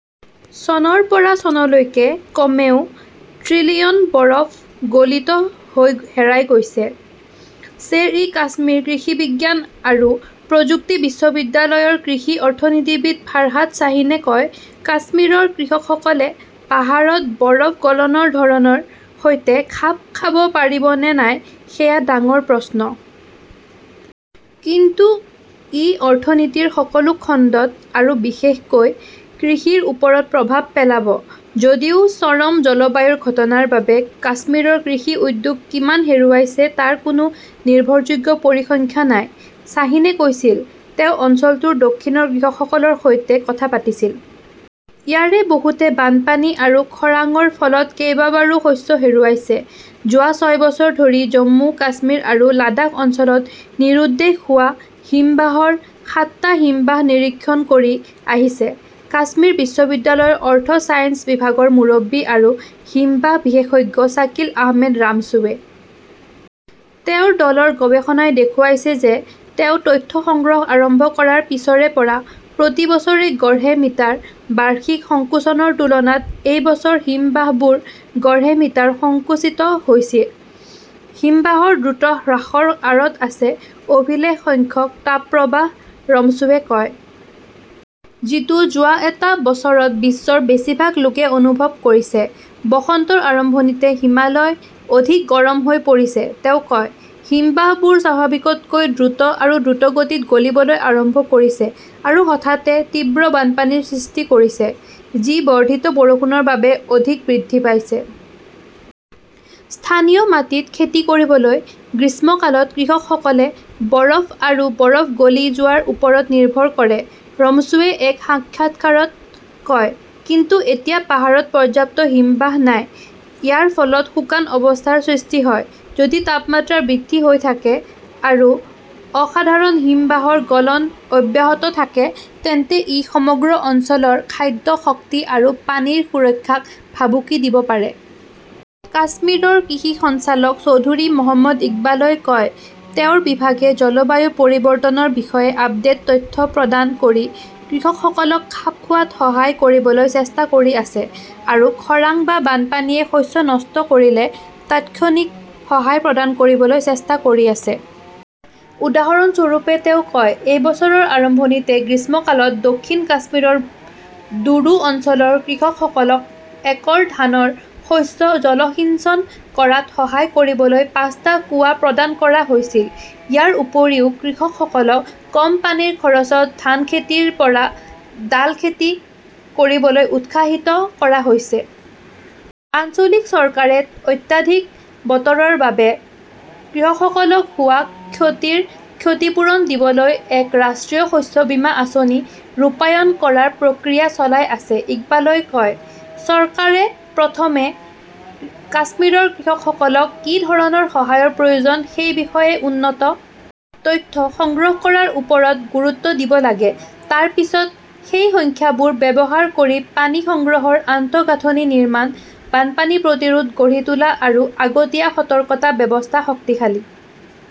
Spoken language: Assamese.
চনৰ পৰা চনলৈকে কমেও ট্ৰিলিয়ন বৰফ গলিত হৈ হেৰাই গৈছে। শ্বেৰ-ই-কাশ্মীৰ কৃষি বিজ্ঞান আৰু প্ৰযুক্তি বিশ্ববিদ্যালয়ৰ কৃষি অৰ্থনীতিবিদ ফাৰহাত শ্বাহীনে কয়, কাশ্মীৰৰ কৃষকসকলে পাহাৰত বৰফ গলনৰ ধৰণৰ সৈতে খাপ খাব পাৰিব নে নাই সেয়া ডাঙৰ প্ৰশ্ন। কিন্তু ই অৰ্থনীতিৰ সকলো খণ্ডত আৰু বিশেষকৈ কৃষিৰ ওপৰত প্ৰভাৱ পেলাব। যদিও চৰম জলবায়ুৰ ঘটনাৰ বাবে কাশ্মীৰৰ কৃষি উদ্যোগ কিমান হেৰুৱাইছে তাৰ কোনো নিৰ্ভৰযোগ্য পৰিসংখ্যা নাই। শ্বাহীনে কৈছিল, তেওঁ অঞ্চলটোৰ দক্ষিণৰ কৃষকসকলৰ সৈতে কথা পাতিছিল। ইয়াৰে বহুতে বানপানী আৰু খৰাংৰ ফলত কেইবাবাৰো শস্য হেৰুৱাইছে। যোৱা ছয় বছৰ ধৰি জম্মু, কাশ্মীৰ আৰু লাডাখ অঞ্চলত নিৰুদ্দেশ হোৱা হিমবাহৰ সাতটা হিমবাহ নিৰীক্ষণ কৰি আহিছে কাশ্মীৰ বিশ্ববিদ্যালয়ৰ অৰ্থ ছায়েন্স বিভাগৰ মুৰব্বী আৰু হিমবাহ বিশেষজ্ঞ শ্বাকিল আহমেদ ৰামছুৱে। তেওঁৰ দলৰ গৱেষণাই দেখুৱাইছে যে তেওঁ তথ্য সংগ্ৰহ আৰম্ভ কৰাৰ পিছৰে পৰা প্ৰতি বছৰে গড়ে মিটাৰ বাৰ্ষিক সংকোচনৰ তুলনাত এই বছৰ হিমবাহবোৰ গড়ে মিটাৰ সংকুচিত হৈছে। হিমবাহৰ দ্ৰুত হ্ৰাসৰ আঁৰত আছে অভিলেখ সংখ্যক তাপপ্ৰবাহ, ৰমছুৱে কয়। যিটো যোৱা এটা বছৰত বিশ্বৰ বেছিভাগ লোকে অনুভৱ কৰিছে। বসন্তৰ আৰম্ভণিতে হিমালয় অধিক গৰম হৈ পৰিছে, তেওঁ কয়। হিমবাহবোৰ স্বাভাৱিকতকৈ দ্ৰুত আৰু দ্ৰুতগতিত গলিবলৈ আৰম্ভ কৰিছে আৰু হঠাতে তীব্ৰ বানপানীৰ সৃষ্টি কৰিছে, যি বৰ্ধিত বৰষুণৰ বাবে অধিক বৃদ্ধি পাইছে। স্থানীয় মাটিত খেতি কৰিবলৈ গ্ৰীষ্মকালত কৃষকসকলে বৰফ আৰু বৰফ গলি যোৱাৰ ওপৰত নিৰ্ভৰ কৰে, ৰমছুৱে এক সাক্ষাৎকাৰত কয়। কিন্তু এতিয়া পাহাৰত পৰ্যাপ্ত হিমবাহ নাই। ইয়াৰ ফলত শুকান অৱস্থাৰ সৃষ্টি হয়। "যদি তাপমাত্ৰা বৃদ্ধি হৈ থাকে আৰু অসাধাৰণ হিমবাহৰ গলন অব্যাহত থাকে তেন্তে ই সমগ্ৰ অঞ্চলৰ খাদ্য, শক্তি আৰু পানীৰ সুৰক্ষাক ভাবুকি দিব পাৰে। কাশ্মীৰৰ কৃষি সঞ্চালক চৌধুৰী মহম্মদ ইকবালই কয়, তেওঁৰ বিভাগে জলবায়ু পৰিৱৰ্তনৰ বিষয়ে আপডেট তথ্য প্ৰদান কৰি কৃষকসকলক খাপ খোৱাত সহায় কৰিবলৈ চেষ্টা কৰি আছে আৰু খৰাং বা বানপানীয়ে শস্য নষ্ট কৰিলে তাৎক্ষণিক সহায় প্ৰদান কৰিবলৈ চেষ্টা কৰি আছে। উদাহৰণস্বৰূপে, তেওঁ কয়, এই বছৰৰ আৰম্ভণিতে গ্ৰীষ্মকালত, দক্ষিণ কাশ্মীৰৰ ডোৰু অঞ্চলৰ কৃষকসকলক একৰ ধানৰ শস্য জলসিঞ্চন কৰাত সহায় কৰিবলৈ পাঁচটা কুঁৱা প্ৰদান কৰা হৈছিল। ইয়াৰ উপৰিও, কৃষকসকলক কম পানীৰ খৰচত ধান খেতিৰ পৰা ডাল খেতি কৰিবলৈ উৎসাহিত কৰা হৈছে। আঞ্চলিক চৰকাৰে অত্যাধিক বতৰৰ বাবে কৃষকসকলক হোৱা ক্ষতিৰ ক্ষতিপূৰণ দিবলৈ এক ৰাষ্ট্ৰীয় শস্য বীমা আঁচনি ৰূপায়ণ কৰাৰ প্ৰক্ৰিয়া চলাই আছে, ইকবালই কয়। চৰকাৰে প্ৰথমে কাশ্মীৰৰ কৃষকসকলক কি ধৰণৰ সহায়ৰ প্ৰয়োজন সেই বিষয়ে উন্নত তথ্য সংগ্ৰহ কৰাৰ ওপৰত গুৰুত্ব দিব লাগে, তাৰ পিছত সেই সংখ্যাবোৰ ব্যৱহাৰ কৰি পানী সংগ্ৰহৰ আন্তঃগাঁথনি নিৰ্মাণ, বানপানী প্ৰতিৰোধ গঢ়ি তোলা আৰু আগতীয়া সতৰ্কতা ব্যৱস্থা শক্তিশালী